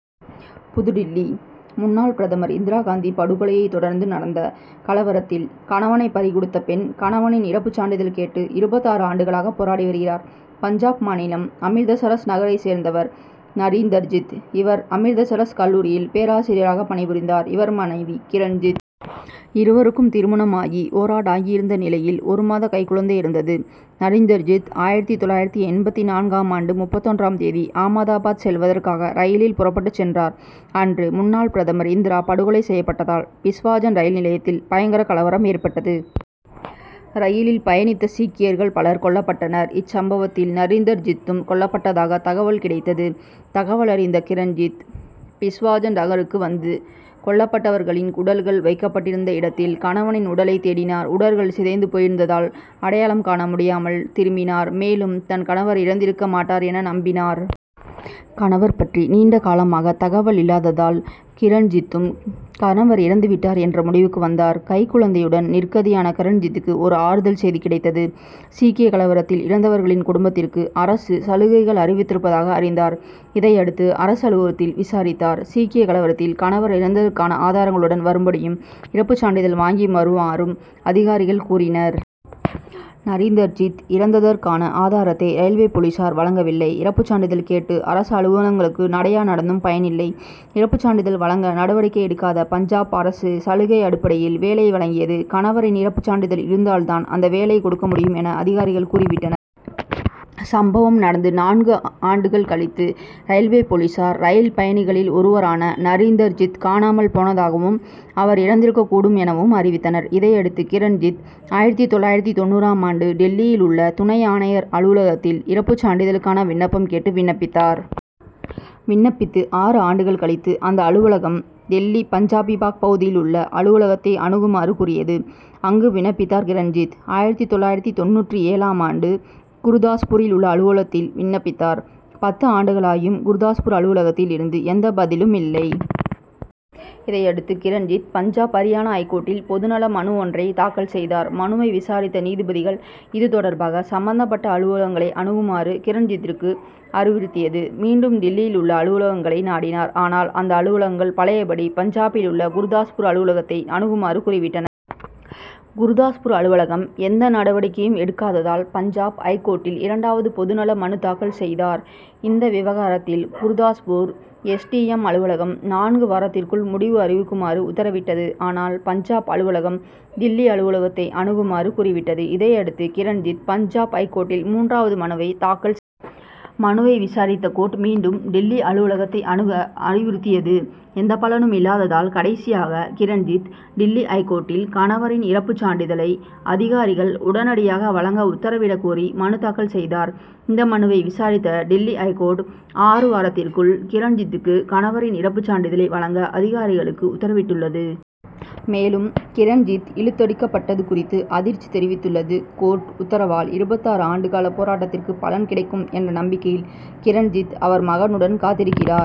புதுடில்லி:முன்னாள் பிரதமர் இந்திரா காந்தி படுகொலையை தொடர்ந்து நடந்த கலவரத்தில், கணவனை பறிகொடுத்த பெண், கணவனின் இறப்பு சான்றிதழ் கேட்டு, இருபத்தாறு ஆண்டுகளாக போராடி வருகிறார். பஞ்சாப் மாநிலம் அமிர்தசரஸ் நகரைச் சேர்ந்தவர் நரீந்தர்ஜித். இவர், அமிர்தசரஸ் கல்லூரியில் பேராசிரியராக பணிபுரிந்தார். இவர் மனைவி கிரண்ஜித். இருவருக்கும் திருமணமாகி ஓராண்டாகியிருந்த நிலையில், ஒரு மாத கைக்குழந்தை இருந்தது. நரீந்தர்ஜித், ஆயிரத்து தொள்ளாயிரத்து எண்பத்து நான்காம் ஆண்டு முப்பத்தொன்றாம் தேதி ஆமதாபாத் செல்வதற்காக, ரயிலில் புறப்பட்டுச் சென்றார். அன்று, முன்னாள் பிரதமர் இந்திரா படுகொலை செயப்பட்டதால், பிஸ்வாஜன் ரயில் நிலையத்தில் பயங்கர கலவரம் ஏற்பட்டது. ரயிலில் பயணித்த சீக்கியர்கள் பலர் கொல்லப்பட்டனர். இச்சம்பவத்தில் நரீந்தர்ஜித்தும் கொல்லப்பட்டதாக தகவல் கிடைத்தது. தகவலறிந்த கிரண்ஜித், பிஸ்வாஜன் நகருக்கு வந்து கொல்லப்பட்டவர்களின் உடல்கள் வைக்கப்பட்டிருந்த இடத்தில் கணவனின் உடலை தேடினார். உடல்கள் சிதைந்து போயிருந்ததால் அடையாளம் காண முடியாமல் திரும்பினார். மேலும், தன் கணவர் இறந்திருக்க மாட்டார் என நம்பினார். கணவர் பற்றி நீண்ட காலமாக தகவல் இல்லாததால், கிரண்ஜித்தும் கணவர் இறந்து விட்டார் என்ற முடிவுக்கு வந்தார். கைக்குழந்தையுடன் நிர்கதியான கிரண்ஜித்துக்கு, ஒரு ஆறுதல் செதி கிடைத்தது. சீக்கிய கலவரத்தில் இறந்தவர்களின் குடும்பத்திற்கு, அரசு சலுகைகள் அறிவித்திருப்பதாக அறிந்தார். இதையடுத்து அரசு அலுவலகத்தில் விசாரித்தார். சீக்கிய கலவரத்தில் கணவர் இறந்ததற்கான ஆதாரங்களுடன் வரும்படியும், இறப்பு சான்றிதழ் வாங்கி வருமாறும், அதிகாரிகள் கூறினர். நரீந்தர்ஜித் இறந்ததற்கான ஆதாரத்தை ரயில்வே போலீசார் வழங்கவில்லை. இறப்பு சான்றிதழ் கேட்டு அரசு அலுவலகங்களுக்கு, நடையா நடந்தும் பயனில்லை. இறப்பு சான்றிதழ் வழங்க நடவடிக்கை எடுக்காத பஞ்சாப் அரசு, சலுகை அடிப்படையில் வேலை வழங்கியது. கணவரின் இறப்பு சான்றிதழ் இருந்தால் தான் அந்த வேலை கொடுக்க முடியும் என, அதிகாரிகள் கூறிவிட்டனர். சம்பவம் நடந்து நான்கு ஆண்டுகள் கழித்து ரயில்வே போலீசார், ரயில் பயணிகளில் ஒருவரான நரீந்தர்ஜித் காணாமல் போனதாகவும், அவர் இறந்திருக்கக் கூடும் எனவும் அறிவித்தனர். இதையடுத்து கிரண்ஜித், ஆயிரத்து தொள்ளாயிரத்து தொண்ணூறாம் ஆண்டு டில்லியில் உள்ள துணை ஆணையர் அலுவலகத்தில் இறப்பு சான்றிதழுக்கான விண்ணப்பம் கேட்டு விண்ணப்பித்தார். விண்ணப்பித்து ஆறு ஆண்டுகள் கழித்து அந்த அலுவலகம், டில்லி பஞ்சாபிபாக் பகுதியில் உள்ள அலுவலகத்தை அணுகுமாறு கூறியது. அங்கு விண்ணப்பித்தார் கிரண்ஜித். ஆயிரத்து தொள்ளாயிரத்து தொண்ணூற்று ஏழாம் ஆண்டு, குருதாஸ்பூரில் உள்ள அலுவலகத்தில் விண்ணப்பித்தார். பத்து ஆண்டுகளாகியும் குருதாஸ்பூர் அலுவலகத்தில் இருந்து எந்த பதிலும் இல்லை. இதையடுத்து கிரண்ஜித் பஞ்சாப் அரியானா ஐகோர்ட்டில் பொதுநல மனு ஒன்றை தாக்கல் செதார். மனுவை விசாரித்த நீதிபதிகள் இது தொடர்பாக சம்பந்தப்பட்ட அலுவலகங்களை அணுகுமாறு, கிரண்ஜித்திற்கு அறிவுறுத் தியது. மீண்டும் டில்லியில் உள்ள அலுவலகங்களை நாடினார். ஆனால் அந்த அலுவலகங்கள் பழையபடி பஞ்சாபில் உள்ள குருதாஸ்பூர் அலுவலகத்தை அணுகுமாறு கூறிவிட்டன. குருதாஸ்பூர் அலுவலகம் எந்த நடவடிக்கையும் எடுக்காததால், பஞ்சாப் ஐகோர்ட்டில் இரண்டாவது பொதுநல மனு தாக்கல் செதார். இந்த விவகாரத்தில் குருதாஸ்பூர் எஸ். டி. எம்., அலுவலகம், நான்கு வாரத்திற்குள் முடிவு அறிவிக்குமாறு உத்தரவிட்டது. ஆனால், பஞ்சாப் அலுவலகம், டில்லி அலுவலகத்தை அணுகுமாறு கூறி விட்டது. இதையடுத்து, கிரண்ஜித், பஞ்சாப் ஐகோர்ட்டில் மூன்றாவது மனுவை தாக்கல் செதார். மனுவை விசாரித்த கோர்ட் மீண்டும் டில்லி அலுவலகத்தை அணுக அறிவுறுத்தியது. எந்த பலனும் இல்லாததால் கடைசியாக கிரண்ஜித், டில்லி ஐகோர்ட்டில் கணவரின் இறப்புச் சான்றிதழை அதிகாரிகள் உடனடியாக வழங்க உத்தரவிட கோரி மனு தாக்கல் செதார். இந்த மனுவை விசாரித்த டில்லி ஐகோர்ட், ஆறு வாரத்திற்குள் கிரண்ஜித்துக்கு கணவரின் இறப்புச் சான்றிதழை வழங்க, அதிகாரிகளுக்கு உத்தரவிட்டுள்ளது. மேலும் கிரண்ஜித் இழுத்தடிக்கப்பட்டது குறித்து அதிர்ச்சி தெரிவித்துள்ளது. கோர்ட் உத்தரவால், இருபத்தாறு ஆண்டு கால போராட்டத்திற்கு பலன் கிடைக்கும் என்ற நம்பிக்கையில் கிரண்ஜித், அவர் மகனுடன் காத்திருக்கிறார்.